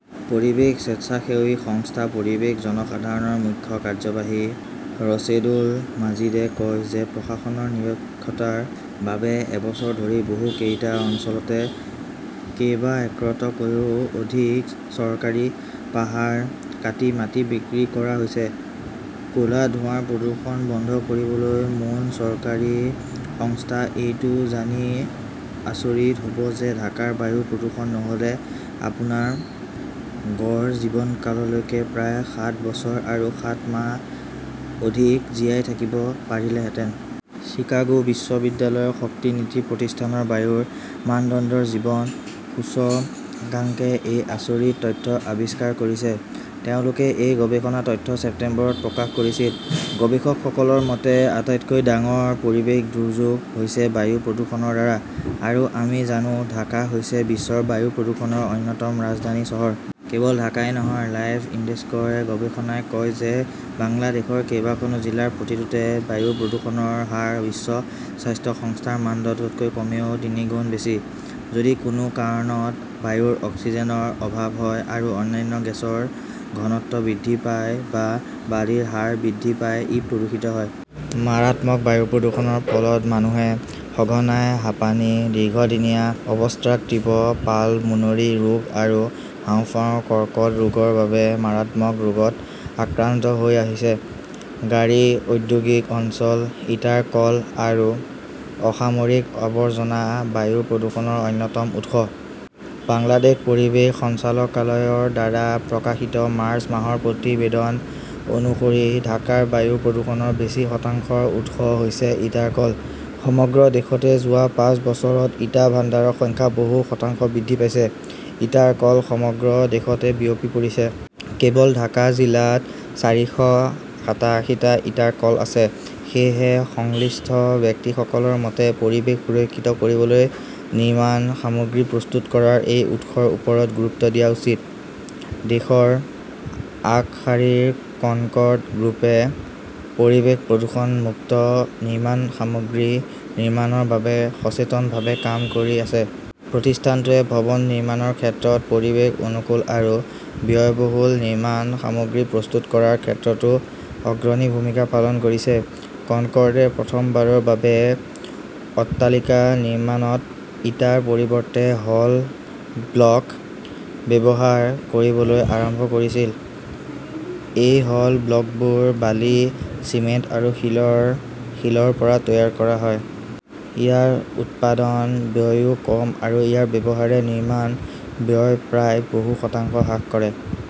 পৰিৱেশ স্বেচ্ছাসেৱী সংস্থা পৰিৱেশ জনসাধাৰণৰ মুখ্য কাৰ্যবাহী ৰছেদুল মাজিদে কয় যে প্ৰশাসনৰ নিৰক্ষৰতাৰ বাবে এবছৰ ধৰি বহুকেইটা অঞ্চলতে কেইবা একৰতকৈও অধিক চৰকাৰী পাহাৰ কাটি মাটি বিক্ৰী কৰা হৈছে। ক'লা ধোঁৱাৰ প্ৰদূষণ বন্ধ কৰিবলৈ মৌন চৰকাৰী সংস্থা এইটো জানি আচৰিত হ'ব যে ঢাকাৰ বায়ু প্ৰদূষণ নহ'লে আপোনাৰ গড় জীৱনকালতকৈ প্ৰায় সাত বছৰ আৰু সাত মাহ অধিক জীয়াই থাকিব পাৰিলেহেঁতেন। চিকাগো বিশ্ববিদ্যালয়ৰ শক্তি নীতি প্ৰতিষ্ঠানৰ বায়ুৰ মানদণ্ডৰ জীৱন সূচকাংকে এই আচৰিত তথ্য আৱিষ্কাৰ কৰিছে। তেওঁলোকে এই গৱেষণা তথ্য ছেপ্টেম্বৰত প্ৰকাশ কৰিছিল। গৱেষকসকলৰ মতে, আটাইতকৈ ডাঙৰ পৰিৱেশ দুৰ্যোগ হৈছে বায়ু প্ৰদূষণৰ দ্বাৰা। আৰু আমি জানো, ঢাকা হৈছে বিশ্বৰ বায়ু প্ৰদূষণৰ অন্যতম ৰাজধানী চহৰ। কেৱল ঢাকাই নহয়, লাইফ ইনডেক্সৰ গৱেষণাই কয় যে বাংলাদেশৰ‌ কেইবাখনো জিলাৰ প্ৰতিটোতে বায়ু প্ৰদূষণৰ হাৰ বিশ্ব স্বাস্থ্য সংস্থাৰ মানদণ্ডতকৈ কমেও তিনিগুণ বেছি। যদি কোনো কাৰণত বায়ুৰ অক্সিজেনৰ অভাৱ হয় আৰু অন্যান্য গেছৰ ঘনত্ব বৃদ্ধি পায় বা বালিৰ হাৰ বৃদ্ধি পায়, ই প্ৰদূষিত হয়। মাৰাত্মক বায়ু প্ৰদূষণৰ ফলত মানুহে সঘনাই হাঁপানি, দীৰ্ঘদিনীয়া অবষ্ট্ৰাকটিভ পালমোনৰী ৰোগ আৰু হাঁওফাঁওৰ কৰ্কট ৰোগৰ দৰে মাৰাত্মক ৰোগত আক্ৰান্ত হৈ আহিছে। গাড়ী, ঔদ্যোগিক অঞ্চল, ইটাৰ কল আৰু অসামৰিক আৱৰ্জনা বায়ু প্ৰদূষণৰ অন্যতম উৎস। বাংলাদেশ পৰিৱেশ সঞ্চালকালয়ৰ দ্বাৰা প্ৰকাশিত মাৰ্চ মাহৰ প্ৰতিবেদন অনুসৰি ঢাকাৰ বায়ু প্ৰদূষণৰ বেছি শতাংশৰ উৎস হৈছে ইটাৰ কল। সমগ্ৰ দেশতে যোৱা পাঁচ বছৰত ইটা ভাণ্ডাৰৰ সংখ্যা বহু শতাংশ বৃদ্ধি পাইছে। ইটাৰ কল সমগ্ৰ দেশতে বিয়পি পৰিছে। কেৱল ঢাকা জিলাত চাৰিশ সাতাশীটা ইটাৰ কল আছে। সেয়েহে, সংশ্লিষ্ট ব্যক্তিসকলৰ মতে, পৰিৱেশ সুৰক্ষিত কৰিবলৈ নিৰ্মাণ সামগ্ৰী প্ৰস্তুত কৰাৰ এই উৎসৰ ওপৰত গুৰুত্ব দিয়া উচিত। দেশৰ আগশাৰীৰ কনকৰ্ড গ্ৰুপে পৰিৱেশ প্ৰদূষণ মুক্ত নিৰ্মাণ সামগ্ৰী নিৰ্মাণৰ বাবে সচেতনভাৱে কাম কৰি আছে। প্ৰতিষ্ঠানটোৱে ভৱন নিৰ্মাণৰ ক্ষেত্ৰত পৰিৱেশ-অনুকূল আৰু ব্যয়বহুল নিৰ্মাণ সামগ্ৰী প্ৰস্তুত কৰাৰ ক্ষেত্ৰতো অগ্ৰণী ভূমিকা পালন কৰিছে। কনকৰ্ডে প্ৰথমবাৰৰ বাবে অট্টালিকা নিৰ্মাণত ইটাৰ পৰিৱৰ্তে হল ব্লক ব্যৱহাৰ কৰিবলৈ আৰম্ভ কৰিছিল। এই হল ব্লকবোৰ বালি, চিমেণ্ট আৰু শিলৰ শিলৰ পৰা তৈয়াৰ কৰা হয়। ইয়াৰ উৎপাদন ব্যয়ও কম আৰু ইয়াৰ ব্যৱহাৰে নিৰ্মাণ ব্যয় প্ৰায় বহু শতাংশ হ্ৰাস কৰে